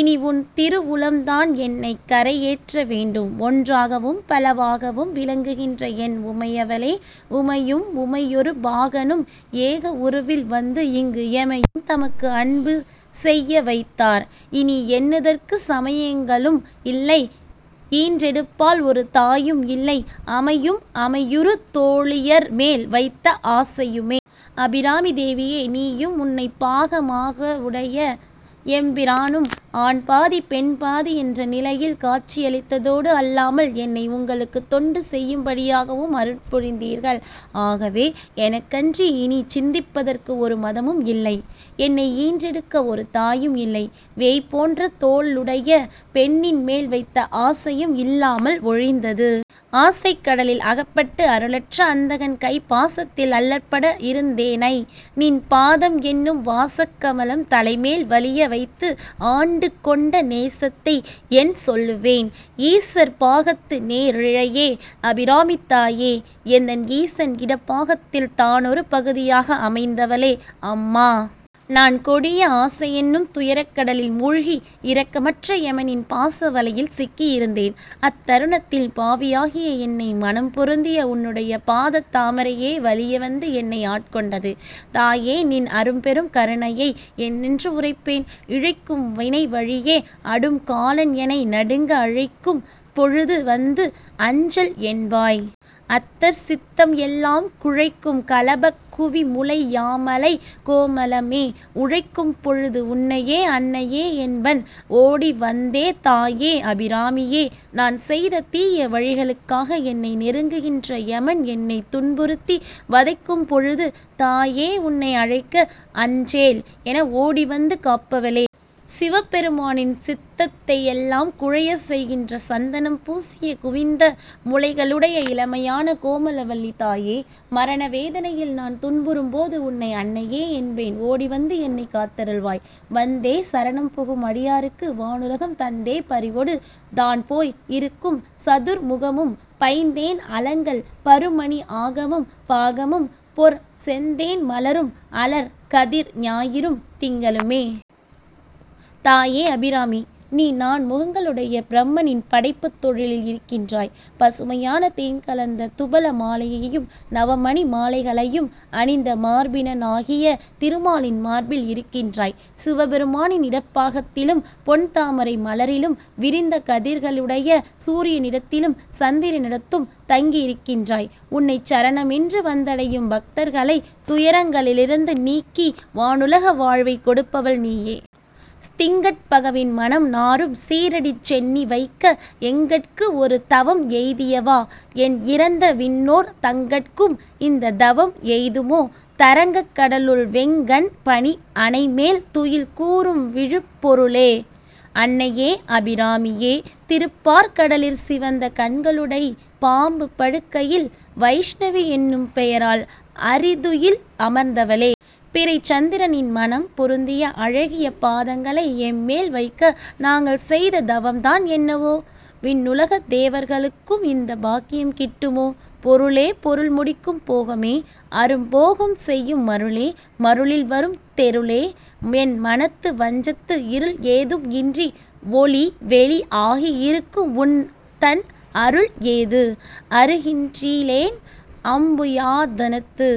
இனி உன் திருவுளம்தான் என்னைக் கரை ஏற்ற வேண்டும். ஒன்றாகவும், பலவாகவும், விளங்குகின்ற என் உமையவளே!: உமையும் உமையொருபாகனும், ஏக உருவில் வந்து இங்கு எமையும் தமக்கு அன்பு செய்யவைத்தார், இனி எண்ணுதற்குச் சமையங்களும் இல்லை, ஈன்றெடுப்பாள் ஒரு தாயும் இல்லை, அமையும் அமையுறு தோளியர்மேல் வைத்த ஆசையுமே. அபிராமித் தேவியே! நீயும், உன்னைப் பாகமாகவுடைய எம்பிரானும், ஆண்பாதி, பெண்பாதி என்ற நிலையில் காட்சியளித்ததோடு அல்லாமல், என்னை உங்களுக்குத் தொண்டு செய்யும்படியாகவும் அருள்புரிந்தீர்கள். ஆகவே எனக்கன்றி இனிச் சிந்திப்பதற்கு ஒரு மதமும் இல்லை. என்னை ஈன்றெடுக்க ஒரு தாயும் இல்லை. வேய் போன்ற தோளையுடைய பெண்ணின் மேல் வைத்த ஆசையும் இல்லாமல் ஒழிந்தது.: ஆசைக் கடலில் அகப்பட்டு, அருளற்ற அந்தகன் கைப் பாசத்தில் அல்லற்பட இருந்தேனை, நின் பாதம் என்னும் வாசக் கமலம் தலைமேல் வலிய வைத்து, ஆண்டு கொண்ட நேசத்தை என் சொல்லுவேன்? ஈசர் பாகத்து நேரிழையே. அபிராமித்தாயே! எந்தன் ஈசன் இடப்பாகத்தில் தானொரு பகுதியாக அமைந்தவளே! அம்மா! நான் கொடிய ஆசையென்னும் துயரக் கடலில் மூழ்கி இரக்கமற்ற எமனின் பாச வலையில் சிக்கியிருந்தேன். அத் தருணத்தில் பாவியாகிய என்னை மணம் பொருந்திய உன்னுடைய பாதத் தாமரையே வலிய வந்து என்னை ஆட்கொண்டது! தாயே! நின் அரும்பெரும் கருணையை என்னென்று உரைப்பேன்!: இழைக்கும் வினைவழியே அடும் காலன், எனை நடுங்க அழைக்கும் பொழுது வந்து, அஞ்சல் என்பாய். அத்தர் சித்தம் எல்லாம் குழைக்கும் களபக் குவிமுலை யாமளைக் கோமளமே. உழைக்கும் பொழுது, உன்னையே அன்னையே என்பன் ஓடிவந்தே தாயே! அபிராமியே! நான் செய்த தீய வழிகளுக்காக என்னை நெருங்குகின்ற எமன் என்னைத் துன்புறுத்தி, வதைக்கும் பொழுது, தாயே உன்னை அழைக்க, அஞ்சேல் என ஓடிவந்து காப்பவளே! சிவ பெருமானின் சித்தத்தையெல்லாம் குழையச் செய்கின்ற சந்தனம் பூசிய குவிந்த முலைகளையுடைய இளமையான கோமளவல்லித் தாயே! மரண வேதனையில் நான் துன்புறும் போது உன்னை, 'அன்னையே' என்பேன். ஓடிவந்து என்னைக் காத்தருள்வாய்!: வந்தே சரணம் புகும் அடியாருக்கு, வானுலகம் தந்தே பரிவொடு தான் போய் இருக்கும்--சதுர்முகமும், பைந் தேன் அலங்கல் பரு மணி ஆகமும், பாகமும், பொற் செந் தேன் மலரும், அலர் கதிர் ஞாயிறும், திங்களுமே. தாயே! அபிராமி, நீ நான்முகங்களையுடைய பிரம்மனின் படைப்புத் தொழிலில் இருக்கின்றாய்! பசுமையான தேன் கலந்த துபள மாலையையும், நவமணி மாலைகளையும் அணிந்த மார்பினனாகிய திருமாலின் மார்பில் இருக்கின்றாய்! சிவபெருமானின் இடப்பாகத்திலும், பொன் தாமரை மலரிலும், விரிந்த கதிர்களுடைய சூரியனிடத்திலும், சந்திரனிடத்தும் தங்கியிருக்கின்றாய். உன்னைச் சரணமென்று வந்தடையும் பக்தர்களைத் துயரங்களிலிருந்து நீக்கி, வானுலக வாழ்வைக் கொடுப்பவள் நீயே.: திங்கட் பகவின் மணம் நாறும் சீறடி சென்னி வைக்க எங்கட்கு ஒரு தவம் எய்தியவா, எண் இறந்த விண்ணோர்-- தங்கட்கும் இந்தத் தவம் எய்துமோ? தரங்கக் கடலுள் வெங் கண் பணி அணைமேல் துயில்கூரும் விழுப்பொருளே. அன்னையே! அபிராமியே! திருப்பாற்கடலிற் சிவந்த கண்களையுடை பாம்புப் படுக்கையில் வைஷ்ணவி என்னும் பெயரால் அறிதுயில் அமர்ந்தவளே! பிறைச் சந்திரனின் மணம் பொருந்திய அழகிய பாதங்களை எம்மேல் வைக்க நாங்கள் செய்த தவம்தான் என்னவோ! விண்ணுலகத் தேவர்களுக்கும் இந்தப் பாக்கியம் கிட்டுமோ!: பொருளே, பொருள் முடிக்கும் போகமே, அரும் போகம் செய்யும் மருளே, மருளில் வரும் தெருளே, என் மனத்து வஞ்சத்து இருள் ஏதும் இன்றி ஒளி வெளி ஆகி இருக்கும் உன்தன் அருள் ஏது. அறிகின்றிலேன், அம்புயாதனத்து